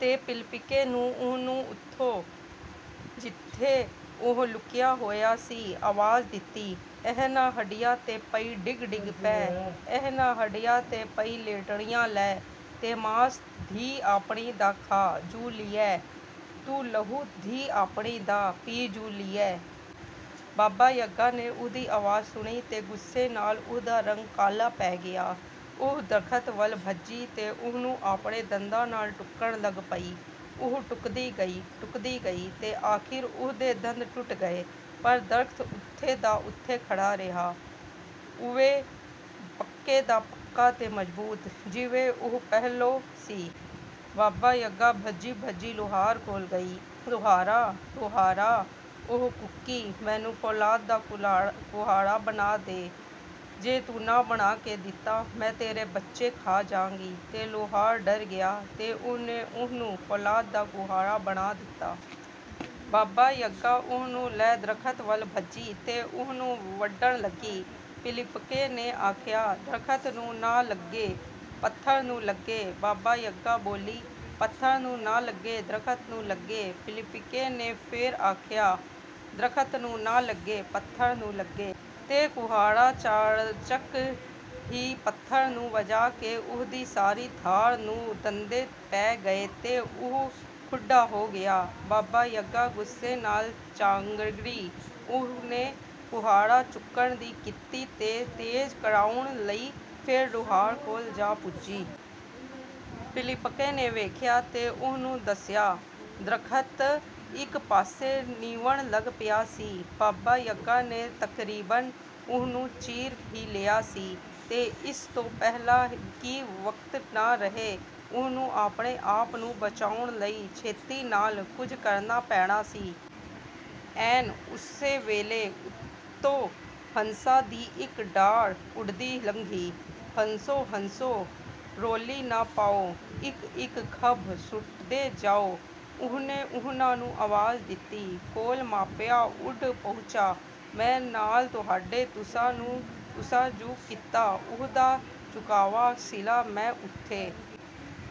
ਤੇ ਪਿਲੀਪਕੇ ਨੇ ਉਹਨੂੰ ਓਥੋਂ, ਜਿੱਥੇ ਉਹ ਲੁਕਿਆ ਹੋਇਆ ਸੀ, ਆਵਾਜ਼ ਦਿੱਤੀ, "ਇਹਨਾਂ ਹੱਡੀਆਂ 'ਤੇ ਪਈ ਡਿਗ-ਡਿਗ ਪੈ, ਇਹਨਾਂ ਹੱਡੀਆਂ 'ਤੇ ਪਈ ਲੇਟਣੀਆਂ ਲੈ, ਤੇ ਮਾਸ ਧੀ ਆਪਣੀ ਦਾ ਖਾ ਜੁ ਲਿਐ, ਤੂੰ ਲਹੂ ਧੀ ਆਪਣੀ ਦਾ ਪੀ ਜੁ ਲਿਐ।" ਬਾਬਾ-ਯਗਾ ਨੇ ਉਹਦੀ ਆਵਾਜ਼ ਸੁਣੀ ਤੇ ਗੁੱਸੇ ਨਾਲ ਉਹਦਾ ਰੰਗ ਕਾਲਾ ਪੈ ਗਿਆ। ਉਹ ਦਰਖ਼ਤ ਵੱਲ ਭੱਜੀ ਤੇ ਉਹਨੂੰ ਆਪਣੇ ਦੰਦਾਂ ਨਾਲ ਟੁੱਕਣ ਲੱਗ ਪਈ। ਉਹ ਟੁੱਕਦੀ ਗਈ, ਟੁੱਕਦੀ ਗਈ ਤੇ ਅਖ਼ੀਰ ਉਹਦੇ ਦੰਦ ਟੁੱਟ ਗਏ, ਪਰ ਦਰਖ਼ਤ ਓਥੇ ਦਾ ਓਥੇ ਖੜ੍ਹਾ ਰਿਹਾ, ਉਵੇਂ ਪੱਕੇ ਦਾ ਪੱਕਾ ਤੇ ਮਜ਼ਬੂਤ, ਜਿਵੇਂ ਉਹ ਪਹਿਲੋਂ ਸੀ। ਬਾਬਾ-ਯਗਾ ਭੱਜੀ-ਭੱਜੀ ਲੁਹਾਰ ਕੋਲ ਗਈ। "ਲੁਹਾਰਾ, ਲੁਹਾਰਾ," ਉਹ ਕੂਕੀ, "ਮੈਨੂੰ ਫ਼ੌਲਾਦ ਦਾ ਕੁਹਾੜਾ ਬਣਾ ਦੇ! ਜੇ ਤੂੰ ਨਾ ਬਣਾ ਕੇ ਦਿੱਤਾ, ਮੈਂ ਤੇਰੇ ਬੱਚੇ ਖਾ ਜਾਂਗੀ।" ਤੇ ਲੁਹਾਰ ਡਰ ਗਿਆ ਤੇ ਉਹਨੇ ਉਹਨੂੰ ਫ਼ੌਲਾਦ ਦਾ ਕੁਹਾੜਾ ਬਣਾ ਦਿੱਤਾ। ਬਾਬਾ-ਯਗਾ ਉਹਨੂੰ ਲੈ ਦਰਖ਼ਤ ਵੱਲ ਭੱਜੀ ਤੇ ਉਹਨੂੰ ਵੱਢਣ ਲੱਗੀ। ਪਿਲੀਪਕੇ ਨੇ ਆਖਿਆ, "ਦਰਖ਼ਤ ਨੂੰ ਨਾ ਲੱਗੇ, ਪੱਥਰ ਨੂੰ ਲੱਗੇ!" ਬਾਬਾ-ਯਗਾ ਬੋਲੀ, "ਪੱਥਰ ਨੂੰ ਨਾ ਲੱਗੇ, ਦਰਖ਼ਤ ਨੂੰ ਲੱਗੇ!" ਪਿਲੀਪਕੇ ਨੇ ਫੇਰ ਆਖਿਆ, "ਦਰਖ਼ਤ ਨੂੰ ਨਾ ਲੱਗੇ, ਪੱਥਰ ਨੂੰ ਲੱਗੇ!" ਤੇ ਕੁਹਾੜਾ ਚਾਣਚਕ ਹੀ ਪੱਥਰ ਨੂੰ ਵੱਜਾ ਤੇ ਉਹਦੀ ਸਾਰੀ ਧਾਰ ਨੂੰ ਦੰਦੇ ਪੈ ਗਏ ਤੇ ਉਹ ਖੁੰਢਾ ਹੋ ਗਿਆ। ਬਾਬਾ-ਯਗਾ ਗੁੱਸੇ ਨਾਲ ਚਾਂਗਰੀ। ਉਹਨੇ ਕੁਹਾੜਾ ਚੁੱਕਣ ਦੀ ਕੀਤੀ ਤੇ ਤੇਜ਼ ਕਰਾਉਣ ਲਈ ਫੇਰ ਲੁਹਾਰ ਕੋਲ ਜਾ ਪੁੱਜੀ। ਪਿਲੀਪਕੇ ਨੇ ਵੇਖਿਆ ਤੇ ਉਹਨੂੰ ਦਿਸਿਆ, ਦਰਖ਼ਤ ਇਕ ਪਾਸੇ ਨਿਵਣ ਲੱਗ ਪਿਆ ਸੀ। ਬਾਬਾ-ਯਗਾ ਨੇ ਤਕਰੀਬਨ ਉਹਨੂੰ ਚੀਰ ਹੀ ਲਿਆ ਸੀ, ਤੇ ਇਸ ਤੋਂ ਪਹਿਲਾਂ ਕਿ ਵਕਤ ਨਾ ਰਹੇ, ਉਹਨੂੰ ਆਪਣੇ ਆਪ ਨੂੰ ਬਚਾਉਣ ਲਈ ਛੇਤੀ ਨਾਲ ਕੁਝ ਕਰਨਾ ਪੈਣਾ ਸੀ। ਐਨ ਓਸੇ ਵੇਲੇ ਉੱਤੋਂ ਹੰਸਾਂ ਦੀ ਇਕ ਡਾਰ ਉੱਡਦੀ ਲੰਘੀ। "ਹੰਸੋ, ਹੰਸੋ, ਰੌਲੀ ਨਾ ਪਾਉ, ਇਕ-ਇਕ ਖੰਭ ਸੁੱਟਦੇ ਜਾਉ," ਉਹਨੇ ਉਹਨਾਂ ਨੂੰ ਆਵਾਜ਼ ਦਿੱਤੀ। "ਕੋਲ ਮਾਪਿਆਂ ਉੱਡ ਪਹੁੰਚਾਂ, ਮੈਂ ਨਾਲ ਤੁਹਾਡੇ; ਤੁਸਾਂ ਜੁ ਕੀਤਾ, ਉਹਦਾ ਚੁਕਾਵਾਂ ਸਿਲਾ ਮੈਂ ਓਥੇ।"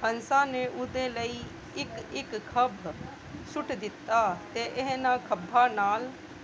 ਹੰਸਾਂ ਨੇ ਉਹਦੇ ਲਈ ਇਕ-ਇਕ ਖੰਭ ਸੁੱਟ ਦਿੱਤਾ, ਤੇ ਇਹਨਾਂ ਖੰਭਾਂ ਨਾਲ